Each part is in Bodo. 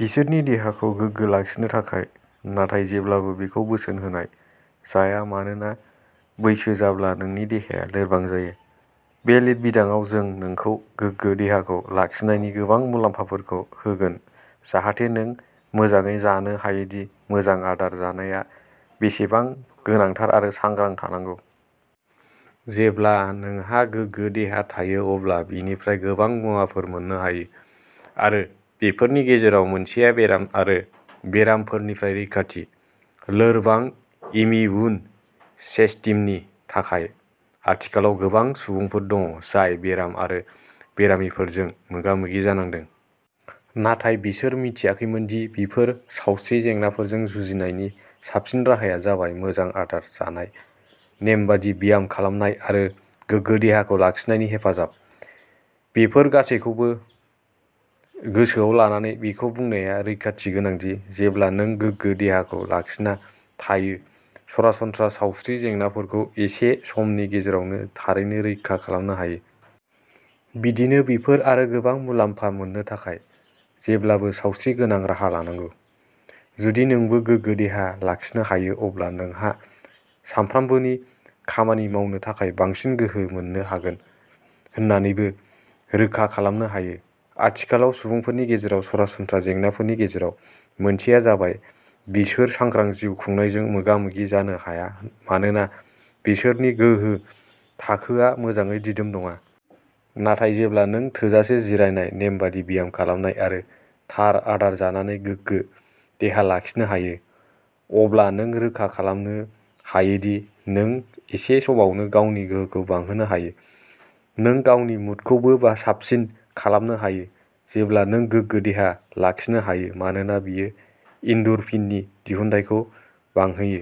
बिसोरनि देहाखौ गोगो लाखिनो थाखाय। नाथाय जेब्लाबो बेखौ बोसोन होनाय जाया मानोना बैसो जाब्ला नोंनि देहाया लोरबां जायो। बे लिरबिदांआव जों नोंखौ गोगो देहाखौ लाखिनायनि गोबां मुलाम्फाफोरखौ होगोन जाहाथे नों मोजाङै जानो हायोदि मोजां आदार जानाया बेसेबां गोनांथार आरो सांग्रां थानांगौ। जेब्ला नोंहा गोगो देहा थायो अब्ला बेनिफ्राय गोबां मुवाफोर मोननो हायो आरो बेफोरनि गेजेराव मोनसेआ बेराम आरो बेरामफोरनिफ्राय रैखाथि। लोरबां इमिउन सिस्टेमनि थाखाय आथिखालाव गोबां सुबुंफोर दं जाय बेराम आरो बेरामफोरजों मोगा-मोगि जानांदों। नाथाय बिसोर मिथियाखैमोनदि बेफोर सावस्रि जेंनाफोरजों जुजिनायनि साबसिन राहाया जाबाय मोजां आदार जानाय नेमबादि ब्याम खालामनाय आरो गोगो देहाखौ लाखिनायनि हेफाजाब। बेफोर गासैबोखौ गोसोआव लानानै बेखौ बुंनाया रैखाथि गोनांदि जेब्ला नों गोगो देहाखौ लाखिना थायो सरासनस्रा सावस्रि जेंनाफोरखौ एसे समनि गेजेरावनो थारैनो रैखा खालामनो हायो। बिदिनो बेफोर आरो गोबां मुलाम्फा मोननो थाखाय जेब्लाबो सावस्रि गोनां राहा लानांगौ। जुदि नोंबो गोगो देहा लाखिनो हायो अब्ला नोंहा सानफ्रोमबोनि खामानि मावनो थाखाय बांसिन गोहो मोन्नो हागोन होननानैबो रोखा खालामनो हायो। आथिखालाव सुबुंफोरनि गेजेराव सरासनस्रा जेंनाफोरनि गेजेराव मोनसेआ जाबाय बिसोर सांग्रां जिउ खुंनायजों मोगा-मोगि जानो हाया मानोना बिसोरनि गोहो थाखोआ मोजाङै दिदोम नङा। नाथाय जेब्ला नों थोजासे जिरायनाय नेमबादि ब्याम खालामनाय आरो थार आदार जानानै गोगो देहा लाखिनो हायो अब्ला नों रोखा खालामनो हायोदि नों एसे समावनो गावनि गोहोखौ बांहोनो हायो। नों गावनि मुडखौबो साबसिन खालामनो हायो जेब्ला नों गोगो देहा लाखिनो हायो मानोना बेयो एन्ड'रफिननि दिहुनथायखौ बांहोयो।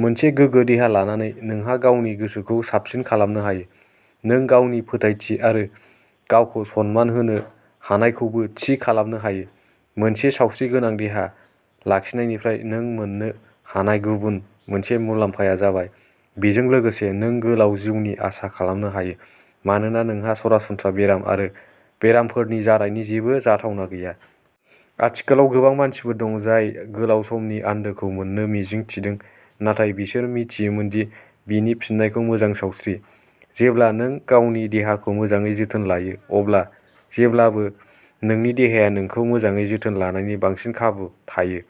मोनसे गोगो देहा लानानै नोंहा गावनि गोसोखौ साबसिन खालामनो हायो। नों गावनि फोथायथि आरो गावखौ सनमान होनो हानायखौबो थि खालामनो हायो। मोनसे सावस्रिगोनां देहा लाखिनायनिफ्राय नों मोननो हानाय गुबुन मोनसे मुलाम्फाया जाबाय बेजों लोगोसे नों गोलाव जिउनि आसा खालामनो हायो मानोना नोंहा सरासनस्रा बेराम आरो बेरामफोर जानायनि जेबो जाथावना गैया। आथिखालाव गोबां मानसिफोर दं जाय गोलाव समनि आन्दोखौ मोन्नो मिजिं थिदों नाथाय बिसोर मिथियामोनदि बेनि फिननायखौ मोजां सावस्रि। जेब्ला नों गावनि देहाखौ मोजाङै जोथोन लायो अब्ला जेब्लाबो नोंनि देहाया नोंखौ मोजाङै जोथोन लानायनि बांसिन खाबु थायो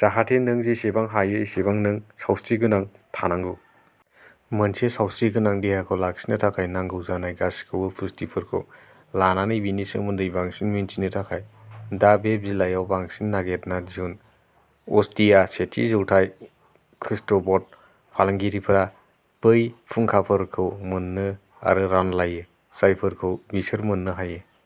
जाहाथे नों जेसेबां हायो एसेबां नों सावस्रिगोनां थानांगौ। मोनसे सावस्रिगोनां देहाखौ लाखिनो थाखाय नांगौ जानाय गासैबो पुष्टिफोरखौ लानानै बेनि सोमोन्दै बांसिन मिथिनो थाखाय दा बे बिलाइयाव बांसिन नागिरना दिहुन। अस्टिया सेथि जौथाय खृष्टाब्द फालांगियारिफोरा बै फुंखाफोरखौ मोनो आरो रानलायो जायफोरखौ बिसोर मोननो हायो।